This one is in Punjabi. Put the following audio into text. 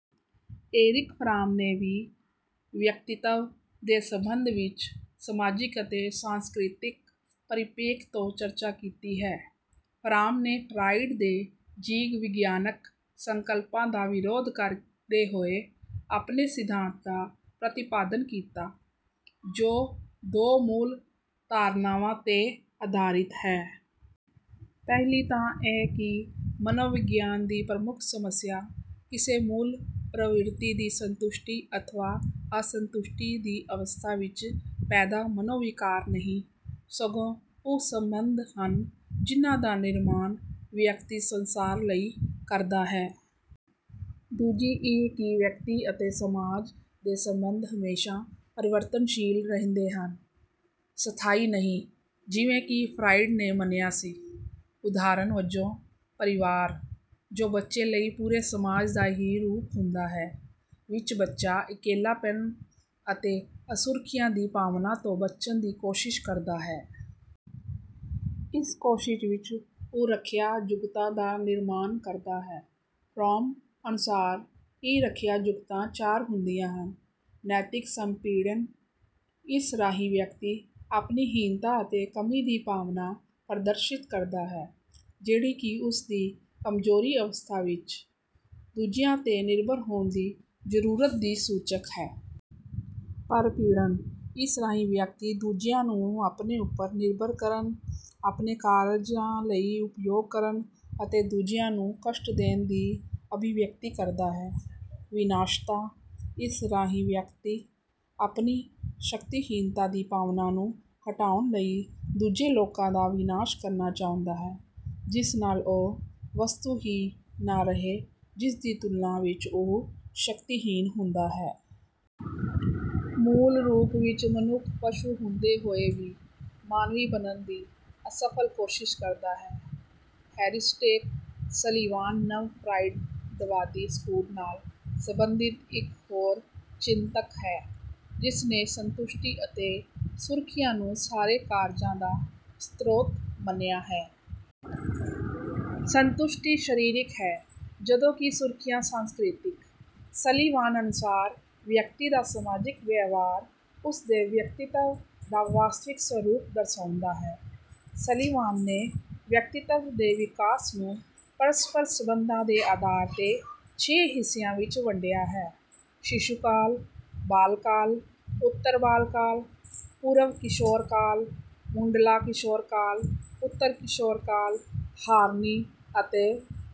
ਏਰਿਕ ਫਰਾਮ ਨੇ ਵੀ ਵਿਅਕਤਿਤਵ ਦੇ ਸੰਬੰਧ ਵਿੱਚ ਸਮਾਜਿਕ ਅਤੇ ਸਾਂਸਕ੍ਰਿਤਕ ਪਰਿਪੇਖ ਤੋਂ ਚਰਚਾ ਕੀਤੀ ਹੈ। ਫਰਾਮ ਨੇ ਫਰਾਇਡ ਦੇ ਜੀਵ ਵਿਗਿਆਨਕ ਸੰਕਲਪਾਂ ਦਾ ਵਿਰੋਧ ਕਰਦੇ ਹੋਏ ਆਪਣੇ ਸਿਧਾਂਤ ਦਾ ਪ੍ਰਤੀਪਾਦਨ ਕੀਤਾ ਜੋ ਦੋ ਮੂਲ ਧਾਰਨਾਵਾਂ ਤੇ ਆਧਾਰਿਤ ਹੈ। ਪਹਿਲੀ ਤਾਂ ਇਹ ਕਿ ਮਨੋਵਿਗਿਆਨ ਦੀ ਪ੍ਰਮੁੱਖ ਸਮੱਸਿਆ ਕਿਸੇ ਮੂਲ ਪ੍ਰਵਿਰਤੀ ਦੀ ਸੰਤੁਸ਼ਟੀ ਅਥਵਾ ਅਸੰਤੁਸ਼ਟੀ ਦੀ ਅਵਸਥਾ ਵਿੱਚ ਪੈਦਾ ਮਨੋਵਿਕਾਰ ਨਹੀਂ, ਸਗੋਂ ਉਹ ਸੰਬੰਧ ਹਨ ਜਿਨ੍ਹਾਂ ਦਾ ਨਿਰਮਾਣ ਵਿਅਕਤੀ ਸੰਸਾਰ ਲਈ ਕਰਦਾ ਹੈ। ਦੂਜੀ ਇਹ ਕਿ ਵਿਅਕਤੀ ਅਤੇ ਸਮਾਜ ਦੇ ਸੰਬੰਧ ਹਮੇਸ਼ਾਂ ਪਰਿਵਰਤਨਸ਼ੀਲ ਰਹਿੰਦੇ ਹਨ, ਸਥਾਈ ਨਹੀਂ ਜਿਵੇਂ ਕਿ ਫਰਾਇਡ ਨੇ ਮੰਨਿਆ ਸੀ। ਉਦਾਹਰਣ ਵਜੋਂ ਪਰਿਵਾਰ, ਜੋ ਬੱਚੇ ਲਈ ਪੂਰੇ ਸਮਾਜ ਦਾ ਹੀ ਰੂਪ ਹੁੰਦਾ ਹੈ, ਵਿੱਚ ਬੱਚਾ ਇਕੱਲੇਪਨ ਅਤੇ ਅਸੁਰੱਖਿਆ ਦੀ ਭਾਵਨਾ ਤੋਂ ਬਚਣ ਦੀ ਕੋਸ਼ਿਸ਼ ਕਰਦਾ ਹੈ। ਇਸ ਕੋਸ਼ਿਸ਼ ਵਿੱਚ ਉਹ ਰੱਖਿਆ-ਜੁਗਤਾਂ ਦਾ ਨਿਰਮਾਣ ਕਰਦਾ ਹੈ। ਫਰਾਮ ਅਨੁਸਾਰ ਇਹ ਰੱਖਿਆ ਜੁਗਤਾਂ ਚਾਰ ਹੁੰਦੀਆਂ ਹਨ: ਨੈਤਿਕ-ਸ੍ਵੈਂਪੀੜਨ, ਇਸ ਰਾਹੀਂ ਵਿਅਕਤੀ ਆਪਣੀ ਹੀਨਤਾ ਅਤੇ ਕਮੀ ਦੀ ਭਾਵਨਾ ਪ੍ਰਦਰਸ਼ਿਤ ਕਰਦਾ ਹੈ ਜਿਹੜੀ ਕਿ ਉਸਦੀ ਕਮਜ਼ੋਰੀ ਅਵਸਥਾ ਵਿੱਚ ਦੂਜਿਆਂ ਤੇ ਨਿਰਭਰ ਹੋਣ ਦੀ ਜ਼ਰੂਰਤ ਦੀ ਸੂਚਕ ਹੈ। ਪਰਪੀੜਨ, ਇਸ ਰਾਹੀਂ ਵਿਅਕਤੀ ਦੂਜਿਆਂ ਨੂੰ ਆਪਣੇ ਉਪਰ ਨਿਰਭਰ ਕਰਨ, ਆਪਣੇ ਕਾਰਜਾਂ ਲਈ ਉਪਯੋਗ ਕਰਨ ਅਤੇ ਦੂਜਿਆਂ ਨੂੰ ਕਸ਼ਟ ਦੇਣ ਦੀ ਅਭਿਵਿਅਕਤੀ ਕਰਦਾ ਹੈ। ਵਿਨਾਸ਼ਤਾ, ਇਸ ਰਾਹੀਂ ਵਿਅਕਤੀ ਆਪਣੀ ਸ਼ਕਤੀਹੀਨਤਾ ਦੀ ਭਾਵਨਾ ਨੂੰ ਹਟਾਉਣ ਲਈ ਦੂਜੇ ਲੋਕਾਂ ਦਾ ਵਿਨਾਸ਼ ਕਰਨਾ ਚਾਹੁੰਦਾ ਹੈ ਜਿਸ ਨਾਲ ਉਹ ਵਸਤੂ ਹੀ ਨਾ ਰਹੇ ਜਿਸਦੀ ਤੁਲਨਾ ਵਿੱਚ ਉਹ ਸ਼ਕਤੀਹੀਨ ਹੁੰਦਾ ਹੈ। ਮੂਲ ਰੂਪ ਵਿੱਚ ਮਨੁੱਖ ਪਸ਼ੂ ਹੁੰਦੇ ਹੋਏ ਵੀ ਮਾਨਵੀ ਬਣਨ ਦੀ ਅਸਫਲ ਕੋਸ਼ਿਸ਼ ਕਰਦਾ ਹੈ। ਹੈਰੀਸਟੈਕ ਸਲੀਵਾਨ ਨਵ-ਫਰਾਇਡਵਾਦੀ ਸਕੂਲ ਨਾਲ ਸੰਬੰਧਿਤ ਇੱਕ ਹੋਰ ਚਿੰਤਕ ਹੈ ਜਿਸਨੇ ਸੰਤੁਸ਼ਟੀ ਅਤੇ ਸੁਰੱਖਿਆ ਨੂੰ ਸਾਰੇ ਕਾਰਜਾਂ ਦਾ ਸ੍ਰੋਤ ਮੰਨਿਆ ਹੈ। ਸੰਤੁਸ਼ਟੀ ਸਰੀਰਕ ਹੈ ਜਦੋਂ ਕਿ ਸੁਰੱਖਿਆ ਸਾਂਸਕ੍ਰਿਤਕ। ਸਲੀਵਾਨ ਅਨੁਸਾਰ ਵਿਅਕਤੀ ਦਾ ਸਮਾਜਿਕ ਵਿਵਹਾਰ ਉਸਦੇ ਵਿਅਕਤਿਤਵ ਦਾ ਵਾਸਤਵਿਕ ਸਰੂਪ ਦਰਸਾਉਂਦਾ ਹੈ। ਸਲੀਵਾਨ ਨੇ ਵਿਅਕਤਿਤਵ ਦੇ ਵਿਕਾਸ ਨੂੰ ਪਰਸਪਰ ਸੰਬੰਧਾਂ ਦੇ ਆਧਾਰ ਤੇ ਛੇ ਹਿੱਸਿਆਂ ਵਿੱਚ ਵੰਡਿਆ ਹੈ: ਸਿਸੂ ਕਾਲ, ਬਾਲਕਾਲ, ਉੱਤਰ ਬਾਲਕਾਲ, ਪੂਰਵ ਕਿਸ਼ੋਰ ਕਾਲ, ਮੁੱਢਲਾ ਕਿਸ਼ੋਰ ਕਾਲ, ਉੱਤਰ ਕਿਸ਼ੋਰ ਕਾਲ। ਹਾਰਨੀ ਅਤੇ